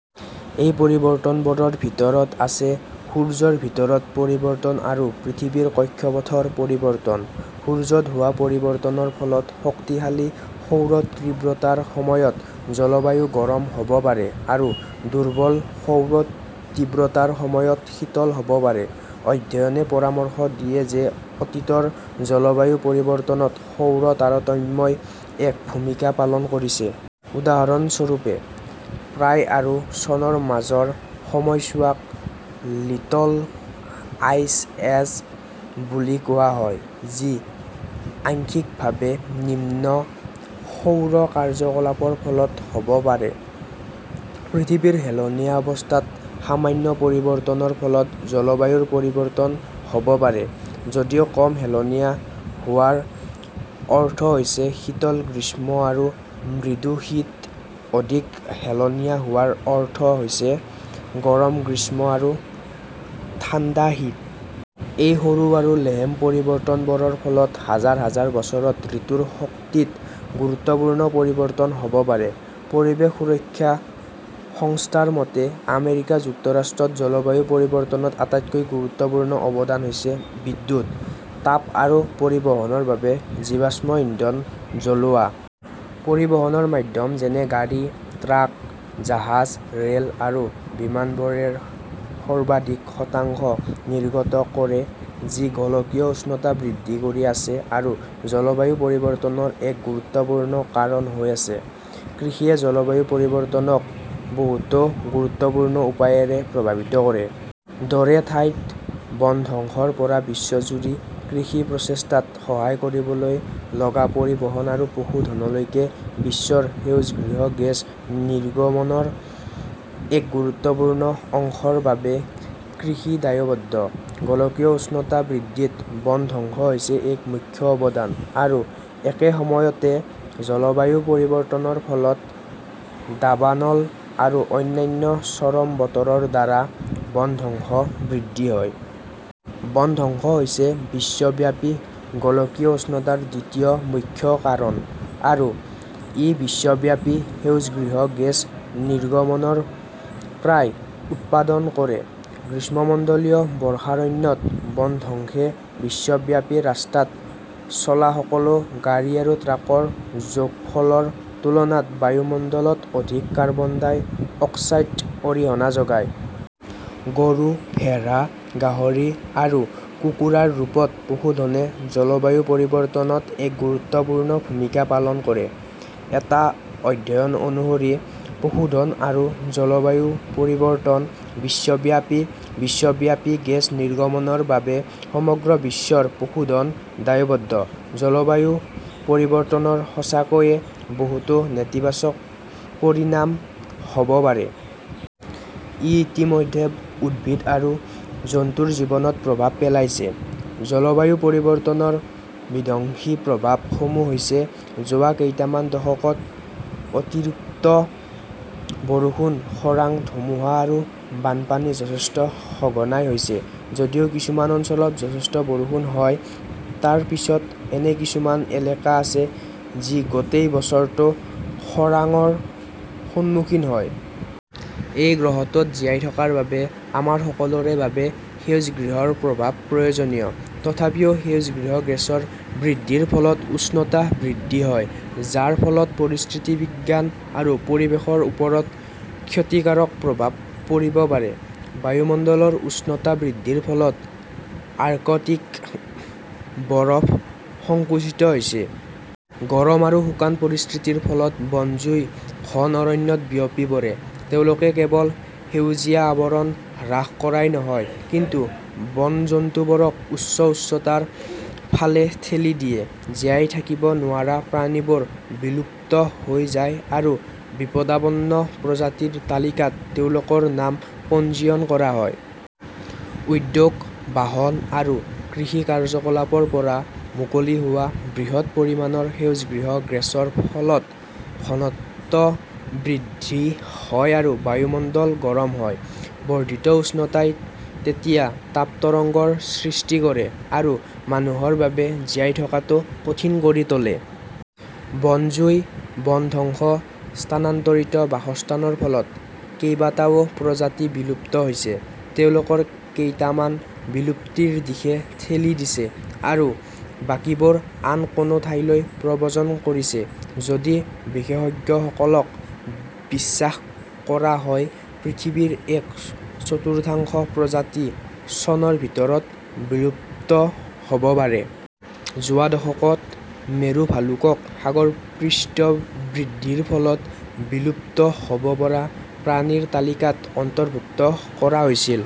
এই পৰিৱৰ্তনবোৰৰ ভিতৰত আছে সূৰ্যৰ ভিতৰত পৰিৱৰ্তন আৰু পৃথিৱীৰ কক্ষপথৰ পৰিৱৰ্তন। সূৰ্যত হোৱা পৰিৱৰ্তনৰ ফলত শক্তিশালী সৌৰ তীব্ৰতাৰ সময়ত জলবায়ু গৰম হ'ব পাৰে আৰু দুৰ্বল সৌৰ তীব্ৰতাৰ সময়ত শীতল হ'ব পাৰে। অধ্যয়নে পৰামৰ্শ দিয়ে যে অতীতৰ জলবায়ু পৰিৱৰ্তনত সৌৰ তাৰতম্যই এক ভূমিকা পালন কৰিছে। উদাহৰণ স্বৰূপে, প্ৰায় আৰু চনৰ মাজৰ সময়ছোৱাক "লিটল আইচ এজ" বুলি কোৱা হয় যি আংশিকভাৱে নিম্ন সৌৰ কাৰ্যকলাপৰ ফলত হ'ব পাৰে। পৃথিৱীৰ হেলনীয়া অৱস্থাত সামান্য পৰিৱৰ্তনৰ ফলত জলবায়ুৰ পৰিৱৰ্তন হ'ব পাৰে। যদিও কম হেলনীয়া হোৱাৰ অৰ্থ হৈছে শীতল গ্ৰীষ্ম আৰু মৃদু শীত, অধিক হেলনীয়া হোৱাৰ অৰ্থ হৈছে গৰম গ্ৰীষ্ম আৰু ঠাণ্ডা শীত। এই সৰু আৰু লেহেম পৰিৱৰ্তনবোৰৰ ফলত হাজাৰ হাজাৰ বছৰত ঋতুৰ শক্তিত গুৰুত্বপূৰ্ণ পৰিৱৰ্তন হ'ব পাৰে। পৰিৱেশ সুৰক্ষা সংস্থাৰ মতে, আমেৰিকা যুক্তৰাষ্ট্ৰত জলবায়ু পৰিৱৰ্তনত আটাইতকৈ গুৰুত্বপূৰ্ণ অৱদান হৈছে বিদ্যুৎ, তাপ আৰু পৰিবহনৰ বাবে জীৱাশ্ম ইন্ধন জ্বলোৱা। পৰিবহনৰ মাধ্যম যেনে গাড়ী, ট্ৰাক, জাহাজ, ৰেল, আৰু বিমানবোৰে -ৰ সৰ্বাধিক শতাংশ নিৰ্গত কৰে যি গোলকীয় উষ্ণতা বৃদ্ধি কৰি আছে আৰু জলবায়ু পৰিৱৰ্তনৰ এক গুৰুত্বপূৰ্ণ কাৰণ হৈ আছে। কৃষিয়ে জলবায়ু পৰিৱৰ্তনক বহুতো গুৰুত্বপূৰ্ণ উপায়েৰে প্ৰভাৱিত কৰে। দৰে ঠাইত বনধ্বংসৰ পৰা বিশ্বজুৰি কৃষি প্ৰচেষ্টাত সহায় কৰিবলৈ লগা পৰিবহন আৰু পশুধনলৈকে, বিশ্বৰ সেউজগৃহ গেছ নিৰ্গমনৰ এক গুৰুত্বপূৰ্ণ অংশৰ বাবে কৃষি দায়বদ্ধ। গোলকীয় উষ্ণতা বৃদ্ধিত বনধ্বংস হৈছে এক মুখ্য অৱদান, আৰু একে সময়তে, জলবায়ু পৰিৱৰ্তনৰ ফলত দাবানল আৰু অন্যান্য চৰম বতৰৰ দ্বাৰা বনধ্বংস বৃদ্ধি হয়। বনধ্বংস হৈছে বিশ্বব্যাপী গোলকীয় উষ্ণতাৰ দ্বিতীয় মুখ্য কাৰণ, আৰু ই বিশ্বব্যাপী সেউজগৃহ গেছ নিৰ্গমনৰ প্ৰায় উৎপাদন কৰে। গ্ৰীষ্মমণ্ডলীয় বৰ্ষাৰণ্যত বনধ্বংসে বিশ্বব্যাপী ৰাস্তাত চলাসকলো গাড়ী আৰু ট্ৰাকৰ যোগফলৰ তুলনাত বায়ুমণ্ডলত অধিক কাৰ্বন ডাই অক্সাইড অৰিহণা যোগায়। গৰু, ভেড়া, গাহৰি আৰু কুকুৰাৰ ৰূপত পশুধনে জলবায়ু পৰিৱৰ্তনত এক গুৰুত্বপূৰ্ণ ভূমিকা পালন কৰে। এটা অধ্যয়ন অনুসৰি, "পশুধন আৰু জলবায়ু পৰিৱৰ্তন", বিশ্বব্যাপী বিশ্বব্যাপী গেছ নিৰ্গমনৰ বাবে সমগ্ৰ বিশ্বৰ পশুধন দায়বদ্ধ। জলবায়ু পৰিৱৰ্তনৰ সঁচাকৈয়ে বহুতো নেতিবাচক পৰিণাম হ'ব পাৰে। ই ইতিমধ্যে উদ্ভিদ আৰু জন্তুৰ জীৱনত প্ৰভাৱ পেলাইছে। জলবায়ু পৰিৱৰ্তনৰ বিধ্বংসী প্ৰভাৱ সমূহ হৈছে – যোৱা কেইটামান দশকত, অতিৰিক্ত বৰষুণ, খৰাং, ধুমুহা আৰু বানপানী যথেষ্ট সঘনাই হৈছে। যদিও কিছুমান অঞ্চলত যথেষ্ট বৰষুণ হয়, তাৰ পিছত এনে কিছুমান এলেকা আছে যিগোটেই বছৰটো খৰাঙৰ সন্মুখীন হয়। এই গ্ৰহটোত জীয়াই থকাৰ বাবে আমাৰ সকলোৰে বাবে সেউজগৃহপ্ৰভাৱ প্ৰয়োজনীয়। তথাপিও, সেউজগৃহ গেছৰ বৃদ্ধিৰ ফলত উষ্ণতা বৃদ্ধি হয়, যাৰ ফলত পৰিস্থিতি বিজ্ঞান আৰু পৰিৱেশৰ ওপৰত ক্ষতিকাৰক প্ৰভাৱ পৰিব পাৰে। বায়ুমণ্ডলৰ উষ্ণতা বৃদ্ধিৰ ফলত আৰ্কটিক বৰফ সংকুচিত হৈছে। গৰম আৰু শুকান পৰিস্থিতিৰ ফলত বনজুই ঘন অৰণ্যত বিয়পি পৰে। তেওঁলোকে কেৱল সেউজীয়া আৱৰণ হ্ৰাস কৰাই নহয় কিন্তু বনজন্তুবোৰক উচ্চ উচ্চতাৰ ফালে ঠেলি দিয়ে। জীয়াই থাকিব নোৱাৰা প্ৰাণীবোৰ বিলুপ্ত হৈ যায় আৰু বিপদাপন্ন প্ৰজাতিৰ তালিকাত তেওঁলোকৰ নাম পঞ্জীয়ন কৰা হয়। উদ্যোগ, বাহন আৰু কৃষি কাৰ্যকলাপৰ পৰা মুকলি হোৱা বৃহৎ পৰিমাণৰ সেউজগৃহ গেছৰ ফলত. -ৰ ঘনত্ব বৃদ্ধি হয় আৰু বায়ুমণ্ডল গৰম হয়। বৰ্ধিত উষ্ণতাই তেতিয়া তাপ তৰংগৰ সৃষ্টি কৰে আৰু মানুহৰ বাবে জীয়াই থকাটো কঠিন কৰি তোলে। বন জুই, বনধ্বংস, স্থানান্তৰিত বাসস্থানৰ ফলত কেইবাটাও প্ৰজাতি বিলুপ্ত হৈছে, তেওঁলোকৰ কেইটামান বিলুপ্তিৰ দিশে ঠেলি দিছে, আৰু বাকীবোৰ আন কোনো ঠাইলৈ প্ৰব্ৰজন কৰিছে। যদি বিশেষজ্ঞসকলক বিশ্বাস কৰা হয়, পৃথিৱীৰ এক-চতুৰ্থাংশ প্ৰজাতি চনৰ ভিতৰত বিলুপ্ত হ'ব পাৰে। যোৱা দশকত, মেৰু ভালুকক সাগৰপৃষ্ঠবৃদ্ধিৰ ফলত বিলুপ্ত হ'ব পৰা প্ৰাণীৰ তালিকাত অন্তৰ্ভুক্ত কৰা হৈছিল।